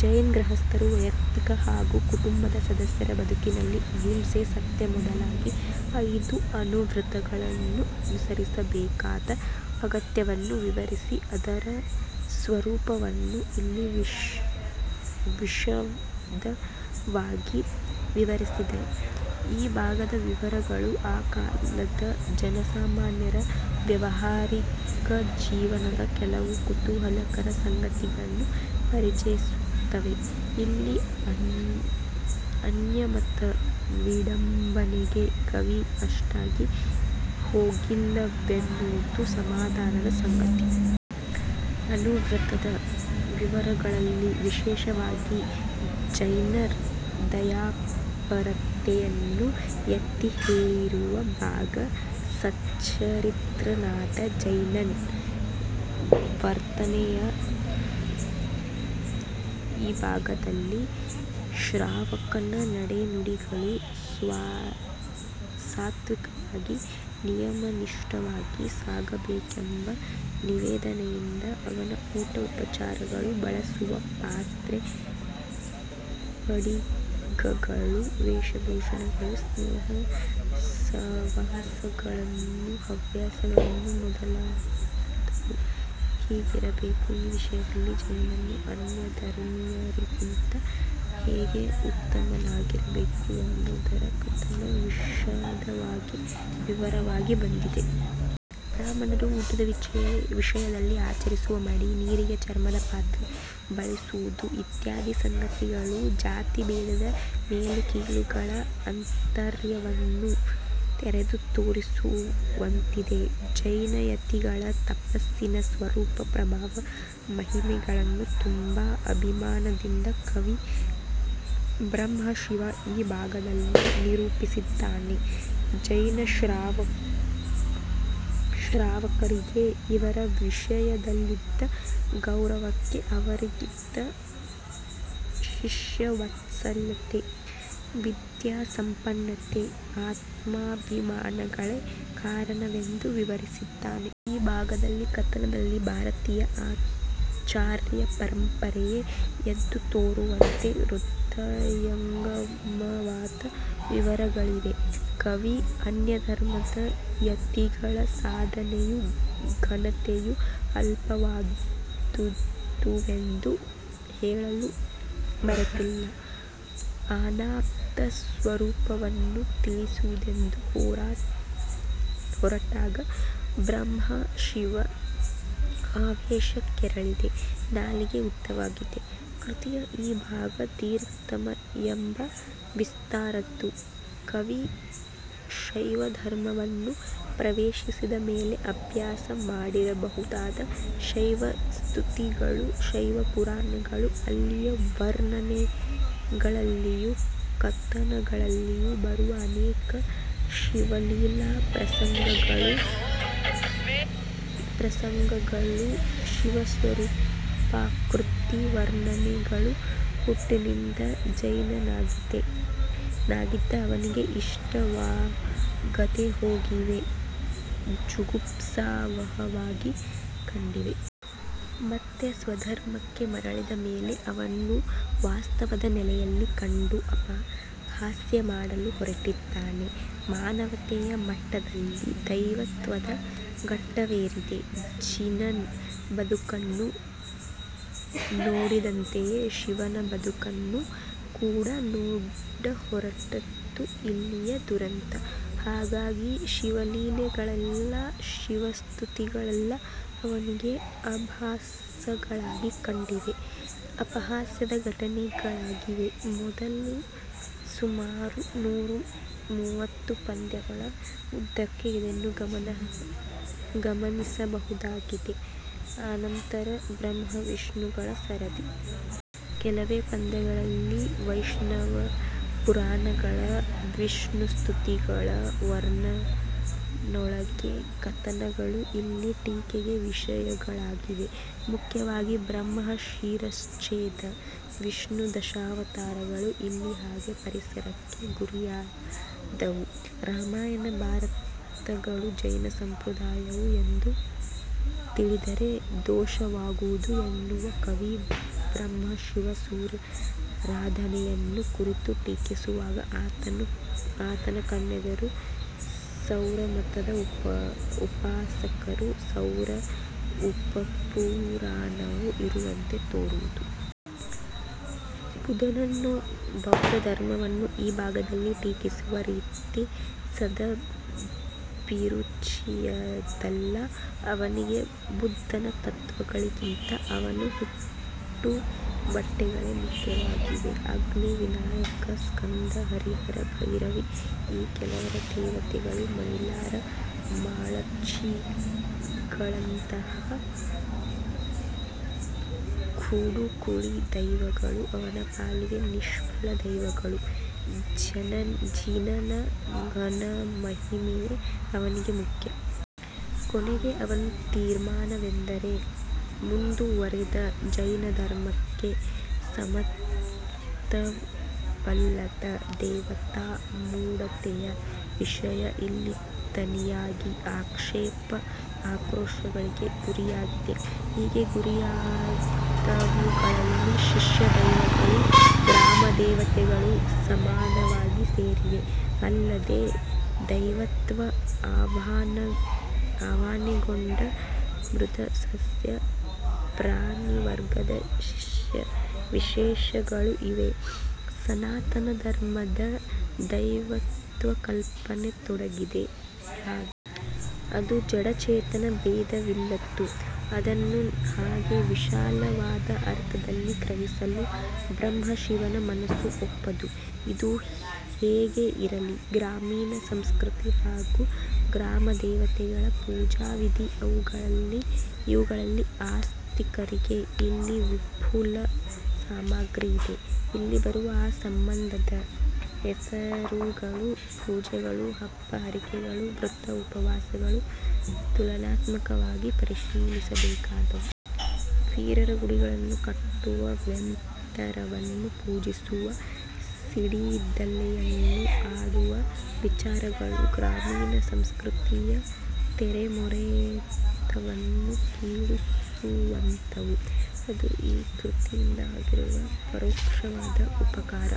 ಜೈನ ಗೃಹಸ್ಥರು ವೈಯಕ್ತಿಕ ಹಾಗೂ ಕುಟುಂಬದ ಸದಸ್ಯರ ಬದುಕಿನಲ್ಲಿ ಅಹಿಂಸೆ ಸತ್ಯ ಮೊದಲಾಗಿ ಐದು ಅಣುವ್ರತಗಳನ್ನು ಅನುಸರಿಸಬೇಕಾದ ಅಗತ್ಯವನ್ನು ವಿವರಿಸಿ, ಅದರ ಸ್ವರೂಪವನ್ನು ಇಲ್ಲಿ ವಿಶದವಾಗಿ ವಿವರಿಸಿದೆ. ಈ ಭಾಗದ ವಿವರಗಳು ಆ ಕಾಲದ ಜನಸಾಮಾನ್ಯರ ವ್ಯಾವಹಾರಿಕಜೀವನದ ಕೆಲವು ಕುತೂಹಲಕರ ಸಂಗತಿಗಳನ್ನು ಪರಿಚಯಿಸುತ್ತವೆ. ಇಲ್ಲಿ ಅನ್ಯಮತ ವಿಡಂಬನೆಗೆ ಕವಿ ಅಷ್ಟಾಗಿ ಹೋಗಿಲ್ಲವೆನ್ನುವುದು ಸಮಾಧಾನದ ಸಂಗತಿ. ಅಣುವ್ರತದ ವಿವರಗಳಲ್ಲಿ ವಿಶೇಷವಾಗಿ ಜೈನರ ದಯಾಪರತೆಯನ್ನು ಎತ್ತಿಹೇಳಿರುವ ಭಾಗ ಸಚ್ಚರಿತ್ರನಾದ ಜೈನನ ವರ್ಣನೆಯ ಈ ಭಾಗದಲ್ಲಿ ಶ್ರಾವಕನ ನಡೆ ನುಡಿಗಳು ಸಾತ್ವಿಕವಾಗಿ, ನಿಯಮನಿಷ್ಠವಾಗಿ ಸಾಗಬೇಕೆಂಬ ನಿವೇದನೆಯಿದೆ. ಅವನ ಊಟ ಉಪಚಾರಗಳು, ಬಳಸುವ ಪಾತ್ರೆ ಪಡಿಗಗಳು, ವೇಷ ಭೂಷಣಗಳು, ಸ್ನೇಹ ಸಹವಾಸಗಳು, ಹವ್ಯಾಸಗಳು ಮೊದಲಾದವು ಹೇಗಿರಬೇಕು, ಈ ವಿಷಯದಲ್ಲಿ ಜೈನನು ಆನ್ಯಧರ್ಮಿಯರಿಗಿಂತ ಹೇಗೆ ಉತ್ತಮನಾಗಿರಬೇಕು ಎಂಬುದರ ಕಥನ ವಿಶದವಾಗಿ, ವಿವರವಾಗಿ ಬಂದಿದೆ. ಬ್ರಾಹ್ಮಣರು ಊಟದ ವಿಷಯದಲ್ಲಿ ಆಚರಿಸುವ ಮಡಿ, ನೀರಿಗೆ ಚರ್ಮದ ಪಾತ್ರೆ ಬಳಸುವುದು ಇತ್ಯಾದಿ ಸಂಗತಿಗಳು ಜಾತಿಭೇದದ ಮೇಲುಕೀಳುಗಳ ಅಂತರ್ಯವನ್ನು ತೆರೆದು ತೋರಿಸುವಂತಿದೆ. ಜೈನಯತಿಗಳ ತಪಸ್ಸಿನ ಸ್ವರೂಪ ಪ್ರಭಾವ ಮಹಿಮೆಗಳನ್ನು ತುಂಬಾ ಅಭಿಮಾನದಿಂದ ಕವಿ ಬ್ರಹ್ಮಶಿವ ಈ ಭಾಗದಲ್ಲಿ ನಿರೂಪಿಸಿದ್ದಾನೆ. ಜೈನಶ್ರಾವಕರಿಗೆ ಅವರ ವಿಷಯದಲ್ಲಿದ್ದ ಗೌರವಕ್ಕೆ ಅವರಿಗಿದ್ದ ಶಿಷ್ಯವತ್ಸಲತೆ ವಿದ್ಯಾಸಂಪನ್ನತೆ ಆತ್ಮಾಭಿಮಾನಗಳೇ ಕಾರಣವೆಂದು ವಿವರಿಸಿದ್ದಾನೆ. ಈ ಭಾಗದ ಕಥನದಲ್ಲಿ ಭಾರತೀಯ ಆಚಾರ್ಯಪರಂಪರೆಯೇ ಎದ್ದುತೋರುವಂತೆ ಹೃದಯಂಗಮವಾದ ವಿವರಗಳಿವೆ. ಕವಿ ಅನ್ಯಧರ್ಮದ ಯತಿಗಳ ಸಾಧನೆಯೂ ಘನತೆಯೂ ಅಲ್ಪವಾದುವೆಂದು ಹೇಳಲು ಮರೆತಿಲ್ಲ. ಆನಾಪ್ತಸ್ವರೂಪವನ್ನು ತಿಳಿಸುವುದೆಂದು ಹೊರಟಾಗ ಬ್ರಹ್ಮಶಿವ ಆವೇಶ ಕೆರಳಿದೆ, ನಾಲಗೆ ಉದ್ದವಾಗಿದೆ. ಕೃತಿಯ ಈ ಭಾಗ ದೀರ್ಘತಮ ಎಂಬ ವಿಸ್ತಾರದ್ದು, ಕವಿ ಶೈವಧರ್ಮವನ್ನು ಪ್ರವೇಶಿಸಿದ ಮೇಲೆ ಅಭ್ಯಾಸ ಮಾಡಿರಬಹುದಾದ ಶೈವಸ್ತುತಿಗಳೂ ಶೈವಪುರಾಣಗಳೂ, ಅಲ್ಲಿಯ ವರ್ಣನೆಗಳಲ್ಲಿಯೂ ಕಥನಗಳಲ್ಲಿಯೂ ಬರುವ ಅನೇಕ ಶಿವಲೀಲಾಪ್ರಸಂಗಗಳೂ ಶಿವಸ್ವರೂಪಾಕೃತಿ ವರ್ಣನೆಗಳೂ ಹುಟ್ಟಿನಿಂದ ಜೈನನಾಗಿದ್ದ ಅವನಿಗೆ ಇಷ್ಟವಾಗದೆಹೋಗಿವೆ, ಜುಗುಪ್ಸಾವಹವಾಗಿ ಕಂಡಿವೆ. ಮತ್ತೆ ಸ್ವಧರ್ಮಕ್ಕೆ ಮರಳಿದ ಮೇಲೆ ಅವನ್ನು ವಾಸ್ತವದ ನೆಲೆಯಲ್ಲಿ ಕಂಡು ಅಪಹಾಸ್ಯಮಾಡಲು ಹೊರಟಿದ್ದಾನೆ. ಮಾನವತೆಯ ಮಟ್ಟದಿಂದ ದೈವತ್ವದ ಘಟ್ಟವೇರಿದ ಜಿನನ ಬದುಕನ್ನು ನೋಡಿದಂತೆಯೇ ಶಿವನ ಬದುಕನ್ನು ಕೂಡ ನೋಡಹೊರಟದ್ದು ಇಲ್ಲಿಯ ದುರಂತ. ಹಾಗಾಗಿ ಶಿವಲೀಲೆಗಳೆಲ್ಲ, ಶಿವಸ್ತುತಿಗಳೆಲ್ಲ ಅವನಿಗೆ ಅಭಾಸಗಳಾಗಿ ಕಂಡಿವೆ, ಅಪಹಾಸ್ಯದ ಘಟನೆಗಳಾಗಿವೆ. ಮೊದಲ ಸುಮಾರು ನೂರ ಮೂವತ್ತು ಪದ್ಯಗಳ ಉದ್ದಕ್ಕೆ ಇದನ್ನು ಗಮನಿಸಬಹುದಾಗಿದೆ ಅನಂತರ ಬ್ರಹ್ಮ ವಿಷ್ಣುಗಳ ಸರದಿ. ಕೆಲವೇ ಪದ್ಯಗಳಲ್ಲಿ ವೈಷ್ಣವಪುರಾಣಗಳ, ವಿಷ್ಣುಸ್ತುತಿಗಳ ವರ್ಣನೆಗಳೂ ಕಥನಗಳೂ ಇಲ್ಲಿ ಟೀಕೆಗೆ ವಿಷಯಗಳಾಗಿವೆ. ಮುಖ್ಯವಾಗಿ ಬ್ರಹ್ಮ ಶಿರಚ್ಛೇದ, ವಿಷ್ಣುದಶಾವತಾರಗಳು, ಇಲ್ಲಿ ಹಾಗೆ ಪರಿಹಾಸಕ್ಕೆ ಗುರಿಯಾದವು. ರಾಮಾಯಣ ಭಾರತಗಳು ಜೈನ ಸಂಪ್ರದಾಯವು ಎಂದು ತಿಳಿದರೆ ದೋಷವಾಗುವುದು ಎನ್ನುವ ಕವಿ ಬ್ರಹ್ಮಶಿವ ಸೂರ್ಯಾರಾಧನೆಯನ್ನು ಕುರಿತು ಟೀಕಿಸುವಾಗ, ಆತನ ಕಣ್ಣೆದುರು ಸೌರಮತದ ಉಪಾಸಕರೂ ಸೌರ ಉಪಪುರಾಣವೂ ಇರುವಂತೆ ತೋರುವುದು. ಬುದ್ಧನನ್ನೂ ಬೌದ್ಧಧರ್ಮವನ್ನೂ ಈ ಭಾಗದಲ್ಲಿ ಟೀಕಿಸುವ ರೀತಿ ಸದಭಿರುಚಿಯದಲ್ಲ. ಅವನಿಗೆ ಬುದ್ಧನ ತತ್ತ್ವಗಳಿಗಿಂತ ಅವನ ಹುಟ್ಟು ಬಟ್ಟೆಗಳೇ ಮುಖ್ಯವಾಗಿವೆ. ಅಗ್ನಿ, ವಿನಾಯಕ, ಸ್ಕಂದ, ಹರಿಹರ, ಭೈರವಿ ಈ ಕೆಲವರು ದೇವತೆಗಳೂ ಮೈಲಾರ ಮಾಳಚಿಗಳಂತಹ ಕೂಡುಕುಳಿ ದೈವಗಳೂ ಅವನ ಪಾಲಿಗೆ ನಿಷ್ಫಲ ದೈವಗಳು. ಜಿನನ ಘನಮಹಿಮೆಯೇ ಅವನಿಗೆ ಮುಖ್ಯ. ಕೊನೆಗೆ ಅವನ ತೀರ್ಮಾನವೆಂದರೆ: ಮುಂದುವರಿದ, ಜೈನಧರ್ಮಕ್ಕೆ ಸಮ್ಮತವಲ್ಲದ ದೇವತಾ ಮೂಢತೆಯ ವಿಷಯ ಇಲ್ಲಿ ತನಿಯಾಗಿ ಆಕ್ಷೇಪ ಆಕ್ರೋಶಗಳಿಗೆ ಗುರಿಯಾಗಿದೆ. ಹೀಗೆ ಗುರಿ ಯಾದವುಗಳಲ್ಲಿ ಶಿಷ್ಟದೈವಗಳೂ ಗ್ರಾಮದೇವತೆಗಳೂ ಸಮಾನವಾಗಿ ಸೇರಿವೆ. ಅಲ್ಲದೆ ದೈವತ್ವ ಆವಾಹನೆಗೊಂಡ ಮೃದ್ – ಸಸ್ಯ – ಪ್ರಾಣಿವರ್ಗದ ವಿಶೇಷಗಳೂ ಇವೆ. ಸನಾತನಧರ್ಮದ ದೈವತ್ವಕಲ್ಪನೆ ತೊಡಗಿದ್ದೇ ಹಾಗೆ. ಅದು ಜಡ ಚೇತನ ಭೇದವಿಲ್ಲದ್ದು. ಅದನ್ನು ಹಾಗೆ ವಿಶಾಲವಾದ ಅರ್ಥದಲ್ಲಿ ಗ್ರಹಿಸಲು ಬ್ರಹ್ಮಶಿವನ ಮನಸ್ಸು ಒಪ್ಪದು. ಇದು ಹೇಗೆ ಇರಲಿ, ಗ್ರಾಮೀಣ ಸಂಸ್ಕೃತಿ ಹಾಗೂ ಗ್ರಾಮದೇವತೆಗಳ ಪೂಜಾವಿಧಿ ಇವುಗಳಲ್ಲಿ ಆಸಕ್ತರಿಗೆ ಇಲ್ಲಿ ವಿಪುಲ ಸಾಮಗ್ರಿಯಿದೆ. ಇಲ್ಲಿ ಬರುವ ಆ ಸಂಬಂಧದ ಹೆಸರುಗಳು, ಪೂಜೆಗಳು, ಹಬ್ಬ ಹರಕೆಗಳು, ವ್ರತ ಉಪವಾಸಗಳು ತುಲನಾತ್ಮಕವಾಗಿ ಪರಿಶೀಲಿಸಬೇಕಾದವು. ವೀರರ ಗುಡಿಗಳನ್ನು ಕಟ್ಟುವ, ವ್ಯಂತರವನ್ನು ಪೂಜಿಸುವ, ಸಿಡಿದಲೆಯನ್ನು ಆಡುವ ವಿಚಾರಗಳು ಗ್ರಾಮೀಣಸಂಸ್ಕೃತಿಯ ತೆರೆಮೊರೆತವನ್ನು ಕೇಳುಸುವಂಥವು. ಇದು ಈ ಕೃತಿಯಿಂದ ಆಗಿರುವ ಪರೋಕ್ಷವಾದ ಉಪಕಾರ.